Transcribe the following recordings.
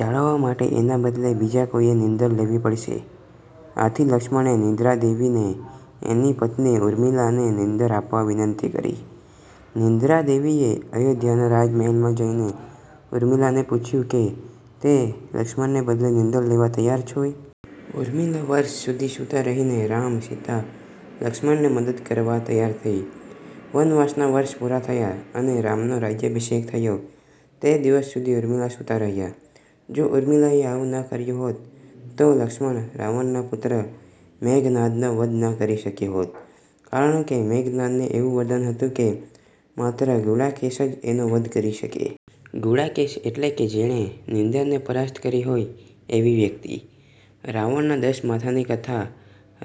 જાળવવા માટે એના બદલે બીજા કોઈએ નીંદર લેવી પડશે. આથી લક્ષ્મણે નિદ્રા દેવીને એની પત્ની ઉર્મિલાને નીંદર આપવા વિનંતી કરી. નિદ્રાદેવીએ અયોધ્યાના રાજમહેલમાં જઈને ઉર્મિલાને પૂછ્યું કે તે લક્ષ્મણને બદલે નીંદર લેવા તૈયાર છે? ઉર્મિલા વર્ષ સુધી સુતાં રહીને રામ, સીતા, લક્ષ્મણને મદદ કરવા તૈયાર થઇ! વનવાસના વર્ષ પુરા થયા અને રામનો રાજયાભિષેક થયો તે દિવસ સુધી ઉર્મિલા સુતાં રહ્યાં. જો ઉર્મિલાએ આવું ન કર્યું હોત તો લક્ષ્મણ, રાવણના પુત્ર મેઘનાદનો વધ ન કરી શક્યો હોત કારણકે મેઘનાદને એવું વરદાન હતું કે માત્ર "ગુડાકેશ" જ એનો વધ કરી શકે. ગુડાકેશ એટલે કે જેણે નિંદરને પરાસ્ત કરી હોય એવી વ્યક્તિ. રાવણના દસ માથાંની કથા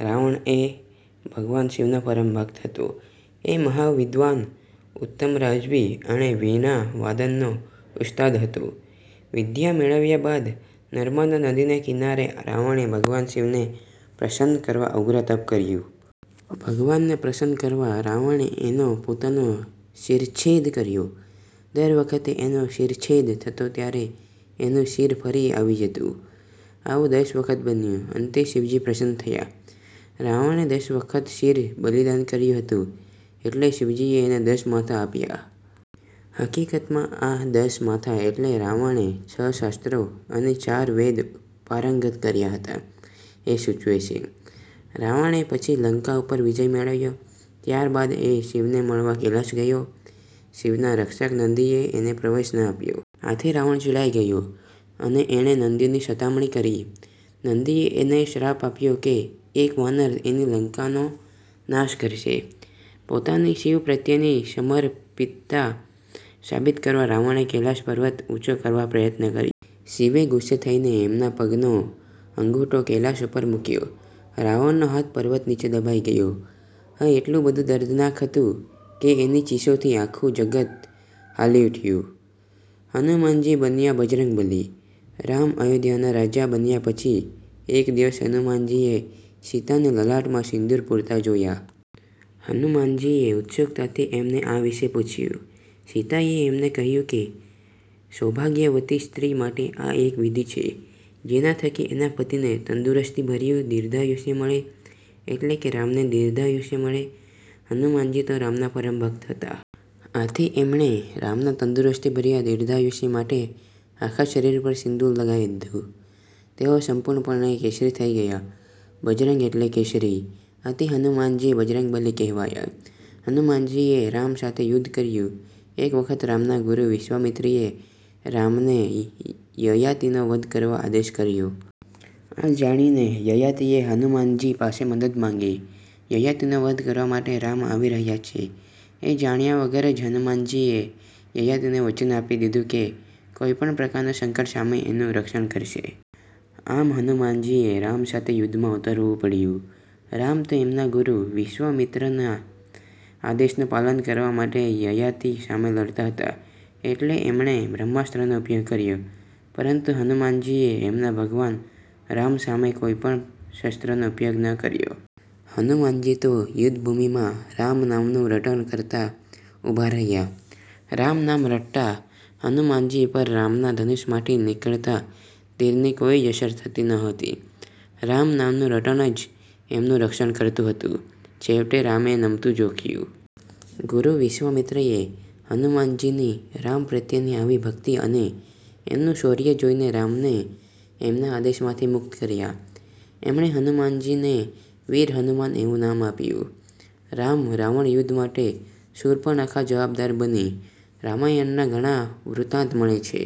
રાવણ એ ભગવાન શિવનો પરમ ભક્ત હતો. એ મહાવિદ્વાન, ઉત્તમ રાજવી અને વીણા વાદનનો ઉસ્તાદ હતો. વિદ્યા મેળવ્યા બાદ, નર્મદા નદીને કિનારે રાવણે ભગવાન શિવને પ્રસન્ન કરવા ઉગ્ર તપ કર્યું. ભગવાનને પ્રસન્ન કરવા રાવણે એનો પોતાનો શિરચ્છેદ કર્યો. દર વખતે એનો શિરચ્છેદ થતો ત્યારે એનું શિર ફરી આવી જતું. આવું દસ વખત બન્યું. અંતે શિવજી પ્રસન્ન થયા. રાવણે દસ વખત શિર બલિદાન કર્યું હતું એટલે શિવજીએ એને દસ માથાં આપ્યાં. હકીકતમાં આ દસ માથાં એટલે રાવણે છ શાસ્ત્રો અને ચાર વેદ પારંગત કર્યા હતા એ સૂચવે છે. રાવણે પછી લંકા ઉપર વિજય મેળવ્યો. ત્યાર બાદ એ શિવને મળવા કૈલાશ ગયો. શિવના રક્ષક નંદીએ એને પ્રવેશ ન આપ્યો. આથી રાવણ ચિડાઈ ગયો અને એણે નંદીની સતામણી કરી. નંદીએ એને શ્રાપ આપ્યો કે એક વાનર એની લંકાનો નાશ કરશે! પોતાની શિવ પ્રત્યેની સમર્પિતતા સાબિત કરવા રાવણે કૈલાશ પર્વત ઉંચો કરવા પ્રયત્ન કર્યો. શિવે ગુસ્સે થઈને એમના પગનો અંગુઠો કૈલાશ ઉપર મુક્યો. રાવણનો હાથ પર્વત નીચે દબાઈ ગયો. આ એટલું બધું દર્દનાક હતું કે એની ચીસોથી આખું જગત હલી ઉઠ્યું. હનુમાનજી બન્યા બજરંગ બલી! રામ અયોધ્યાના રાજા બન્યા પછી એક દિવસ હનુમાનજીએ સીતાને લલાટમાં સિંદુર પુરતાં જોયાં. હનુમાનજીએ ઉત્સુકતાથી એમને આ વિષે પૂછ્યું. સીતાએ એમને કહ્યું કે સૌભાગ્યવતી સ્ત્રી માટે આ એક વિધિ છે જેના થકી એના પતિને તંદુરસ્તીભર્યું દીર્ધાયુષ્ય મળે. એટલે કે રામને દીર્ધાયુષ્ય મળે. હનુમાનજી તો રામના પરમ ભક્ત હતા. આથી એમણે રામના તંદુરસ્તીભર્યા દીર્ધાયુષ્ય માટે આખા શરીર પર સિંદુર લગાવી દીધું! તેઓ સંપૂર્ણપણે કેસરી થઇ ગયા! બજરંગ એટલે કેસરી. આથી હનુમાનજી બજરંગબલી કહેવાયા! હનુમાનજીએ રામ સાથે યુદ્ધ કર્યું! એક વખત રામના ગુરુ વિશ્વામિત્રએ રામને યયાતિનો વધ કરવા આદેશ કર્યો. આ જાણીને યયાતિએ હનુમાનજી પાસે મદદ માંગી. યયાતિનો વધ કરવા માટે રામ આવી રહ્યા છે એ જાણ્યા વગર જ હનુમાનજીએ યયાતિને વચન આપી દીધું કે કોઈ પણ પ્રકારના સંકટ સામે એનું રક્ષણ કરશે. આમ, હનુમાનજીએ રામ સાથે યુદ્ધમાં ઉતરવું પડ્યું! રામ તો એમના ગુરુ વિશ્વામિત્રના આદેશનું પાલન કરવા માટે યયાતિ સામે લડતા હતા એટલે એમણે બ્રહ્માસ્ત્રનો ઉપયોગ કર્યો. પરંતુ હનુમાનજીએ એમના ભગવાન રામ સામે કોઈ પણ શસ્ત્રનો ઉપયોગ ન કર્યો. હનુમાનજી તો યુદ્ધભૂમિમાં રામ નામનું રટણ કરતા ઉભા રહ્યા. રામ નામ રટતા હનુમાનજી પર રામના ધનુષમાંથી નીકળતા તીરની કોઈ જ અસર થતી નહોતી. રામ નામનું રટણ જ એમનું રક્ષણ કરતું હતું. છેવટે રામે નમતું જોખ્યું. ગુરુ વિશ્વામિત્રએ હનુમાનજીની રામ પ્રત્યેની આવી ભક્તિ અને એમનું શોર્ય જોઇને રામને એમના આદેશમાંથી મુક્ત કર્યા. એમણે હનુમાનજીને "વીર હનુમાન" એવું નામ આપ્યું. રામ રાવણ યુદ્ધ માટે શુર્પણખા જવાબદાર બની રામાયણના ઘણા વૃત્તાંત મળે છે.